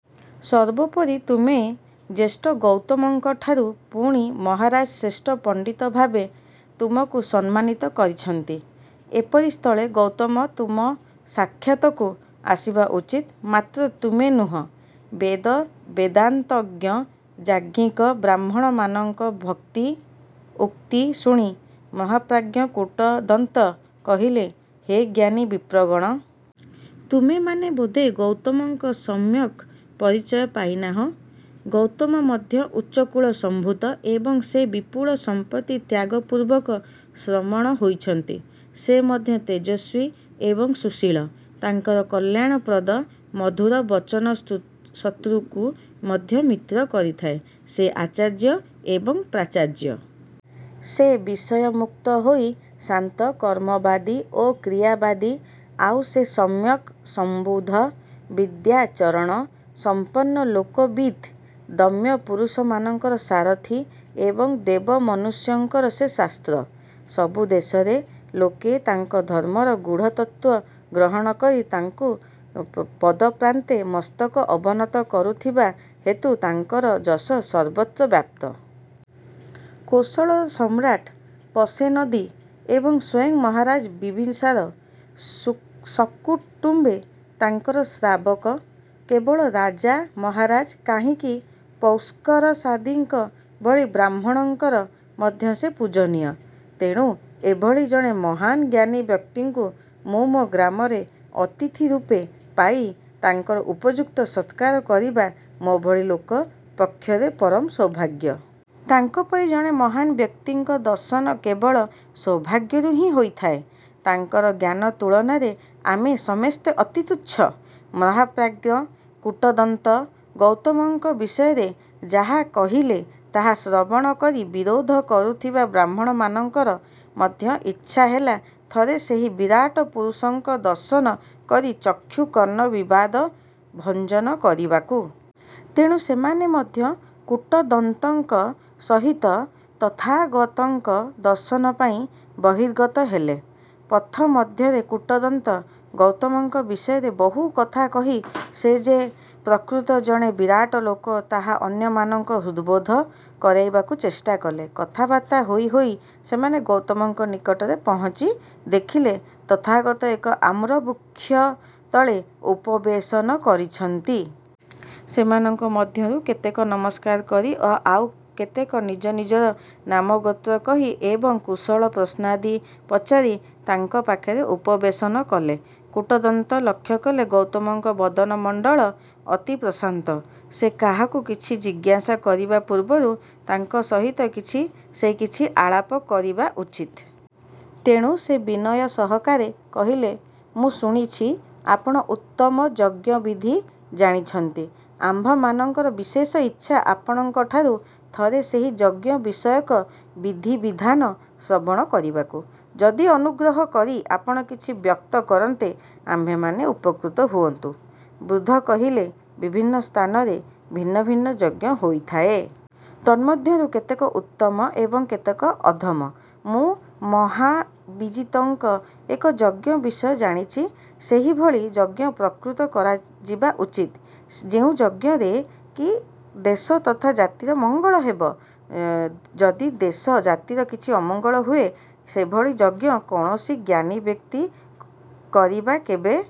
ସର୍ବୋପରି ତୁମେ ଜ୍ୟେଷ୍ଠ ଗୌତମଙ୍କ ଠାରୁ। ପୁଣି ମହାରାଜ ଶ୍ରେଷ୍ଠ ପଣ୍ଡିତ ଭାବେ ତୁମକୁ ସମ୍ମାନିତ କରିଛନ୍ତି। ଏପରି ସ୍ଥଳେ ଗୌତମ ତୁମ ସାକ୍ଷାତକୁ ଆସିବା ଉଚିତ; ମାତ୍ର ତୁମେ ନୁହଁ। ବେଦ ବେଦାନ୍ତଜ୍ଞ ଯାଜ୍ଞିକ ବ୍ରାହ୍ମଣମାନଙ୍କ ଉକ୍ତି ଶୁଣି ମହାପ୍ରାଜ୍ଞ କୂଟଦନ୍ତ କହିଲେ, ହେ ଜ୍ଞାନୀ ବିପ୍ରଗଣ! ତୁମେମାନେ ବୋଧେ ଗୌତମଙ୍କ ସମ୍ୟକ ପରିଚୟ ପାଇନାହିଁ। ଗୌତମ ମଧ୍ୟ ଉଚ୍ଚକୁଳ ସମ୍ଭୂତ ଏବଂ ସେ ବିପୁଳ ସମ୍ପତ୍ତି ତ୍ୟାଗପୂର୍ବକ ଶ୍ରମଣ ହୋଇଛନ୍ତି। ସେ ମଧ୍ୟ ତେଜସ୍ୱୀ ଏବଂ ସୁଶୀଳ। ତାଙ୍କର କଲ୍ୟାଣ ପ୍ରଦ ମଧୁର ବଚନ ଶତୃକୁ ମଧ୍ୟ ମିତ୍ର କରିଥାଏ। ସେ ଆଚାର୍ଯ୍ୟ ଏବଂ ପ୍ରାଚାର୍ଯ୍ୟ। ସେ ବିଷୟ ମୁକ୍ତ ହୋଇ ଶାନ୍ତ, କର୍ମବାଦୀ ଓ କ୍ରିୟାବାଦୀ-ଆଉ ସେ ସମ୍ୟକ ସଂବୁଦ୍ଧ, ବିଦ୍ୟାଚରଣ ସମ୍ପନ୍ନ ଲୋକବିଦ୍ ଦମ୍ୟ ପୁରୁଷମାନଙ୍କର ସାରଥୀ ଏବଂ ଦେବମନୁଷ୍ୟଙ୍କର ସେ ଶାସ୍ତ୍ର। ସବୁଦେଶରେ ଲୋକେ ତାଙ୍କ ଧର୍ମର ଗୂଢ଼ତତ୍ତ୍ୱ ଗ୍ରହଣ କରି ତାଙ୍କ ପଦପ୍ରାନ୍ତେ ମସ୍ତକ ଅବନତ କରୁଥିବା ହେତୁ ତାଙ୍କର ଯଶ ସର୍ବତ୍ର ବ୍ୟାପ୍ତ। କୋଶଳର ସମ୍ରାଟ ପସେନଦୀ ଏବଂ ସ୍ୱୟଂ ମହାରାଜ ବିମ୍ୱିସାର ସକୁଟୁମ୍ୱେ ତାଙ୍କର ଶ୍ରାବକ। କେବଳ ରାଜା ମହାରାଜା କାହିଁକି ପୌଷ୍କରସାଦୀଙ୍କ ଭଳି ବ୍ରାହ୍ମଣଙ୍କର ମଧ୍ୟ ସେ ପୂଜନୀୟ। ତେଣୁ ଏଭଳି ଜଣେ ମହାନ୍ ଜ୍ଞାନୀ ବ୍ୟକ୍ତିଙ୍କୁ ମୁଁମୋ ଗ୍ରାମରେ ଅତିଥି ରୂପେ ପାଇ ତାଙ୍କର ଉପଯୁକ୍ତ ସତ୍କାର କରିବା ମୋଭଳି ଲୋକ ପକ୍ଷରେ ପରମ ସୌଭାଗ୍ୟ। ତାଙ୍କପରି ଜଣେ ମହାନ୍ ବ୍ୟକ୍ତିଙ୍କ ଦର୍ଶନ କେବଳ ସୌଭାଗ୍ୟରୁ ହିଁ ହୋଇଥାଏ। ତାଙ୍କର ଜ୍ଞାନ ତୁଳନାରେ ଆମେ ସମସ୍ତେ ଅତି ତୁଚ୍ଛ। ମହାପ୍ରାଜ୍ଞ କୂଟଦନ୍ତ ଗୌତମଙ୍କ ବିଷୟରେ ଯାହା କହିଲେ ତାହା ଶ୍ରବଣ କରି ବିରୋଧ କରୁଥିବା ବ୍ରାହ୍ମଣମାନଙ୍କର ମଧ୍ୟ ଇଚ୍ଛାହେଲା ଥରେ ସେହି ବିରାଟ ପୁରୁଷଙ୍କ ଦର୍ଶନ କରି ଚକ୍ଷୁ କର୍ଣ୍ଣ ବିବାଦ ଭଞ୍ଜନ କରିବାକୁ। ତେଣୁ ସେମାନେ ମଧ୍ୟ କୂଟଦନ୍ତଙ୍କ ସହିତ ତଥାଗତଙ୍କ ଦର୍ଶନ ପାଇଁ ବହିର୍ଗତ ହେଲେ। ପଥ ମଧ୍ୟରେ କୂଟଦନ୍ତ ଗୌତମଙ୍କ ବିଷୟରେ ବହୁ କଥା କହି ସେ ଯେ ପ୍ରକୃତ ଜଣେ ବିରାଟ ଲୋକ ତାହା ଅନ୍ୟମାନଙ୍କ ହୃଦବୋଧ କରାଇବାକୁ ଚେଷ୍ଟା କଲେ। କଥାବାର୍ତ୍ତା ହୋଇ ହୋଇ ସେମାନେ ଗୌତମଙ୍କ ନିକଟରେ ପହଞ୍ଚି ଦେଖିଲେ, ତଥାଗତ ଏକ ଆମ୍ରବୃକ୍ଷତଳେ ଉପବେଶନ କରିଛନ୍ତି। ସେମାନଙ୍କ ମଧ୍ୟରୁ କେତେକ ନମସ୍କାର କରି ଓ ଆଉ କେତେକ ନିଜ ନିଜର ନାମଗୋତ୍ର କହି ଏବଂ କୁଶଳ ପ୍ରଶ୍ନାଦି ପଚାରି ତାଙ୍କ ପାଖରେ ଉପବେଶନ କଲେ। କୂଟଦନ୍ତ ଲକ୍ଷ୍ୟ କଲେ ଗୌତମଙ୍କ ବଦନ ମଣ୍ଡଳ ଅତି ପ୍ରଶାନ୍ତ। ସେ କାହାକୁ କିଛି ଜିଜ୍ଞାସା କରିବା ପୂର୍ବରୁ ତାଙ୍କ ସହିତ ସେ କିଛି ଆଳାପ କରିବା ଉଚିତ। ତେଣୁ ସେ ବିନୟ ସହକାରେ କହିଲେ-ମୁଁ ଶୁଣିଛି ଆପଣ ଉତ୍ତମ ଯଜ୍ଞ ବିଦ୍ଧି ଜାଣିଛନ୍ତି। ଆମ୍ଭମାନଙ୍କର ବିଶେଷ ଇଚ୍ଛା ଆପଣଙ୍କଠାରୁ ଥରେ ସେହି ଯଜ୍ଞ ବିଷୟକ ବିଧିବିଧାନ ଶ୍ରବଣ କରିବାକୁ। ଯଦି ଅନୁଗ୍ରହ କରି ଆପଣ କିଛି ବ୍ୟକ୍ତ କରନ୍ତେ ଆମ୍ଭେମାନେ ଉପକୃତ ହୁଅନ୍ତୁ। ବୁଦ୍ଧ କହିଲେ, ବିଭିନ୍ନ ସ୍ଥାନରେ ଭିନ୍ନ ଭିନ୍ନ ଯଜ୍ଞ ହୋଇଥାଏ। ତନ୍ମଧ୍ୟରୁ କେତେକ ଉତ୍ତମ ଏବଂ କେତେକ ଅଧମ। ମୁଁ ମହାବିଜିତଙ୍କ ଏକ ଯଜ୍ଞ ବିଷୟ ଜାଣିଛି। ସେହିଭଳି ଯଜ୍ଞ ପ୍ରକୃତ କରାଯିବା ଉଚିତ୍। ଯେଉଁ ଯଜ୍ଞରେ କି ଦେଶ ତଥା ଜାତିର ମଙ୍ଗଳ ହେବ। ଯଦି ଦେଶ ଜାତିର କିଛି ଅମଙ୍ଗଳ ହୁଏ ସେଭଳି ଯଜ୍ଞ କୌଣସି ଜ୍ଞାନୀ ବ୍ୟକ୍ତି କରିବା କେବେ